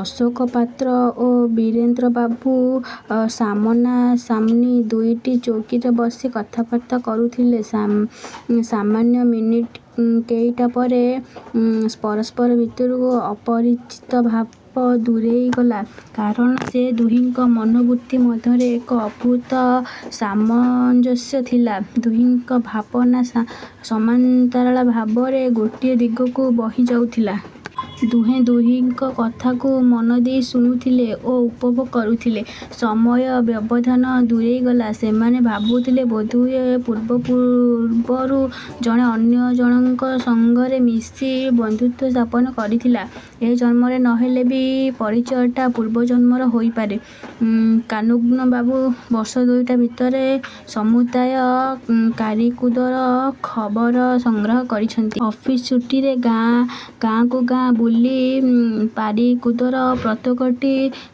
ଅଶୋକ ପାତ୍ର ଓ ବୀରେନ୍ଦ୍ର ବାବୁ ସାମନା ସାମନି ଦୁଇଟି ଚୌକିରେ ବସି କଥାବାର୍ତ୍ତା କରୁଥିଲେ। ସାମାନ୍ୟ ମିନିଟ୍ କେଇଟା ପରେ ପରସ୍ପର ଭିତରୁ ଅପରିଚିତ ଭାବ ଦୂରେଇ ଗଲା। କାରଣ ସେ ଦୁହିଙ୍କ ମନୋବୃତ୍ତି ମଧ୍ୟରେ ଏକ ଅଦ୍ଭୁତ ସାମଞ୍ଜସ୍ୟ ଥିଲା। ଦୁହିଙ୍କ ଭାବନା ସମାନ୍ତରାଳ ଭାବରେ ଗୋଟିଏ ଦିଗକୁ ବୋହି ଯାଉଥିଲା। ଦୁହେଁ ଦୁହିଙ୍କ କଥାକୁ ମନଦେଇ ଶୁଣୁଥିଲେ ଓ ଉପଭୋଗ କରୁଥିଲେ। ସମୟର ବ୍ୟବଧାନ ଦୂରେଇ ଗଲା। ସେମାନେ ଭାବୁଥିଲେ, ବୋଧହୁଏ ବହୁପୂର୍ବରୁ ଜଣେ ଅନ୍ୟଜଣଙ୍କ ସଙ୍ଗରେ ମିଶି ବନ୍ଧୁତ୍ୱ ସ୍ଥାପନ କରିଥିଲା। ଏ ଜନ୍ମରେ ନହେଲେ ବି ପରିଚୟଟା ପୂର୍ବଜନ୍ମର ହୋଇପାରେ। କାନୁନ୍ଗୋ ବାବୁ ବର୍ଷ ଦୁଇଟା ଭିତରେ ସମୁଦାୟ ପାରିକୁଦର ଖବର ସଂଗ୍ରହ କରିଛନ୍ତି-। ଅଫିସ୍ଡ୍ୟୁଟିରେ ଗାଁକୁ ଗାଁ ବୁଲି ପାରିକୁଦର ପ୍ରତ୍ୟେକଟି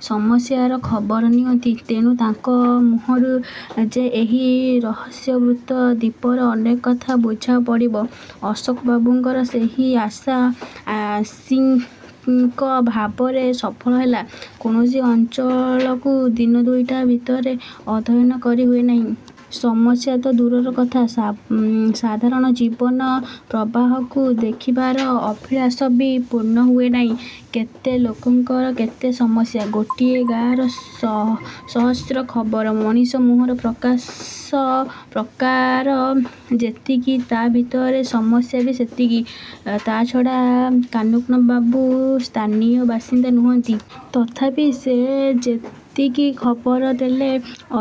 ସମସ୍ୟାର ଖବର ନିଅନ୍ତି। ତେଣୁ ତାଙ୍କ ମୁହଁରୁ ଯେ ଏହି ରହସ୍ୟାବୃତ୍ତ ଦ୍ୱୀପର ଅନେକ କଥା ବୁଝା ପଡ଼ିବ, ଅଶୋକ ବାବୁଙ୍କର ସେହି ଆଶା ଆଂଶିକ ଭାବରେ ସଫଳ ହେଲା। କୌଣସି ଅଞ୍ଚଳକୁ ଦିନ ଦୁଇଟା ଭିତରେ ଅଧ୍ୟୟନ କରି ହୁଏନାହିଁ। ସମସ୍ୟାତ ଦୂରର କଥା, ସାଧାରଣ ଜୀବନ ପ୍ରବାହକୁ ଦେଖିବାର ଅଭିଳାଷ ବି ପୂର୍ଣ୍ଣ ହୁଏନାହିଁ। କେତେ ଲୋକଙ୍କର କେତେ ସମସ୍ୟା! ଗୋଟିଏ ଗାଁର ସହସ୍ର ଖବର। ମଣିଷ ମୁହଁର ପ୍ରକାର ଯେତିକି ତା ଭିତରର ସମସ୍ୟା ବି ସେତିକି। ତା'ଛଡ଼ା କାନୁନ୍ଗୋ ବାବୁ ସ୍ଥାନୀୟ ବାସିନ୍ଦା ନୁହଁନ୍ତି। ତଥାପି ସେ ଯେତିକି ଖବର ଦେଲେ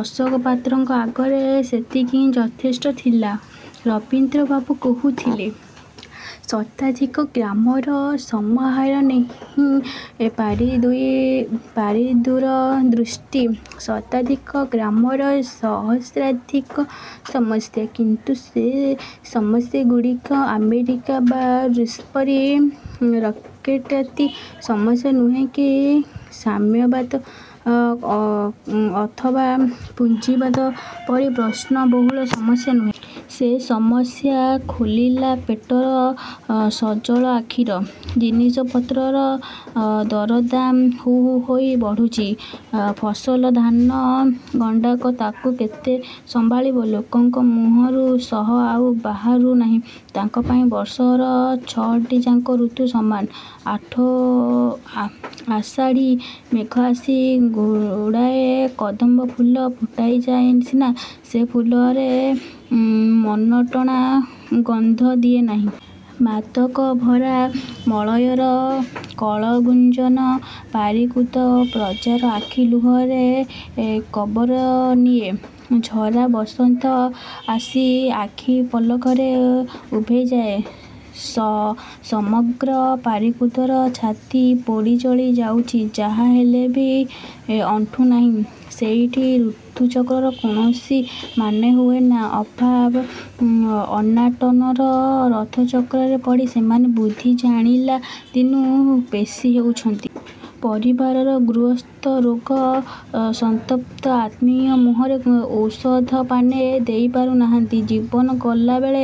ଅଶୋକ ପାତ୍ରଙ୍କ ଆଗରେ ସେତିକି ହିଁ ଯଥେଷ୍ଟ ଥିଲା। ବୀରେନ୍ଦ୍ରବାବୁ କହୁଥିଲେ, ଶତାଧିକ ଗ୍ରାମର ସମହାରରେହିଁ ପାରିକୁଦର ସୃଷ୍ଟି। ଶତାଧିକ ଗ୍ରାମର ସହସ୍ରାଧିକ ସମସ୍ୟା। କିନ୍ତୁ ସେ ସମସ୍ୟାଗୁଡ଼ିକ ଆମେରିକା ବା ରୁଷ ପରି ରକେଟ୍ଗତି ସମସ୍ୟା ନୁହେ କି ସାମ୍ୟବାଦ ଅଥବା ପୁଞ୍ଜିବାଦ ପରି ପ୍ରଶ୍ନ-ବହୁଳ ସମସ୍ୟା ନୁହେ। ସେ ସମସ୍ୟା ଭୋଖିଲା ପେଟର, ସଜଳ ଆଖିର। ଜିନିଷପତ୍ରର ଦରଦାମ ହୁ ହୁ ହୋଇ ବଢ଼ୁଛି। ଫସଲ ଧାନ ଗଣ୍ଡାକ ତାକୁ କେତେ ସମ୍ଭାଳିବ? ଲୋକଙ୍କ ମୁହଁରୁ ହସ ଆଉ ବାହୁରୁ ନାହିଁ। ତାଙ୍କ ପାଇଁ ବର୍ଷର ଛଅଟିଯାକ ଋତୁ ସମାନ। ଆଷାଢ଼ୀ ମେଘ ଆସି ଗୁଡ଼ାଏ କଦମ୍ବ ଫୁଲ ଫୁଟାଇ ଯାଏ ସିନା, ସେ ଫୁଲରେ ମନଟଣା ଗନ୍ଧ ଦିଏ ନାହିଁ। ମାଦକ ଭରା ମଳୟର କଳଗୁଞ୍ଜନ ପାରିକୁଦ ପ୍ରଜାର ଆଖି ଲୁହରେ କବର ନିଏ। ଝରା ବସନ୍ତ ଆସି ଆଖି ପଲକରେ ଉଭେଇ ଯାଏ। ସମଗ୍ର ପାରିକୁଦର ଛାତି ପୋଡ଼ିଜଳି ଯାଉଛି। ଯାହା ହେଲେ ବି ଅଣ୍ଟୁ ନାହିଁ। ସେଇଠି ଋତୁଚକ୍ରର କୌଣସି ମାନେ ହୁଏନାଁ। ଅଭାବ, ଅନାଟନର ରଥଚକ୍ରରେ ପଡ଼ି ସେମାନେ ବୁଦ୍ଧି ଜାଣିଲା ଦିନୁ ପେଷି ହେଉଛନ୍ତି। ପରିବାରର ଗୃହସ୍ଥ ରୋଗ–ସନ୍ତପ୍ତ–ଆତ୍ମୀୟ ମୁହଁରେ ଔଷଧ ପାନେ ଦେଇପାରୁ ନାହାନ୍ତି। ଜୀବନ ଗଲାବେଳେ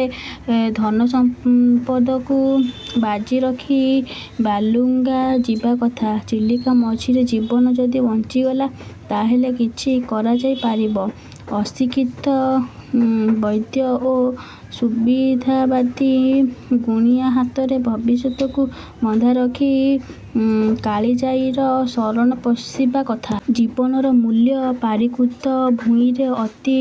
ଧନ ସମ୍ପଦକୁ ବାଜି ରଖି ବାଲୁଗାଁ ଯିବା କଥା। ଚିଲିକା ମଝିରେ ଜୀବନ ଯଦି ବଞ୍ଚିଗଲା, ତାହାହେଲେ କିଛି କରାଯାଇ ପାରିବ। ଅଶିକ୍ଷିତ ବୈଦ୍ୟ ଓ ସୁବିଧାବାଦୀ ଗୁଣିଆ ହାତରେ ଭବିଷ୍ୟତକୁ ବନ୍ଧା ରଖି କାଳିଜାଈର ଶରଣ ପଶିବା କଥା। ଜୀବନର ମୂଲ୍ୟ ପାରିକୁଦ ଭୂଇଁରେ ଅତି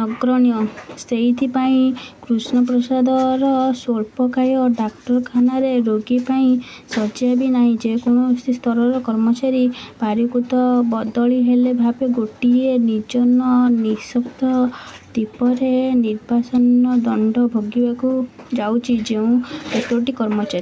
ନଗଣ୍ୟ। ସେଇଥିପାଇଁ କୃଷ୍ଣପ୍ରସାଦର ସ୍ୱଳ୍ପକାୟ ଡାକ୍ତରଖାନାରେ ରୋଗୀ ପାଇଁ ଶଯ୍ୟା ବି ନାହିଁ। ଯେ କୌଣସି ସ୍ତରର କର୍ମଚାରୀ, ପାରିକୁଦ ବଦଳି ହେଲେ ଭାବେ ଗୋଟିଏ ନିର୍ଜନ ନିଃଶବ୍ଦ ଦ୍ୱୀପରେ ନିର୍ବାସନ ଦଣ୍ଡ ଭୋଗିବାକୁ ଯାଉଛି। ଯେଉଁ କେତୋଟି କର୍ମଚାରୀ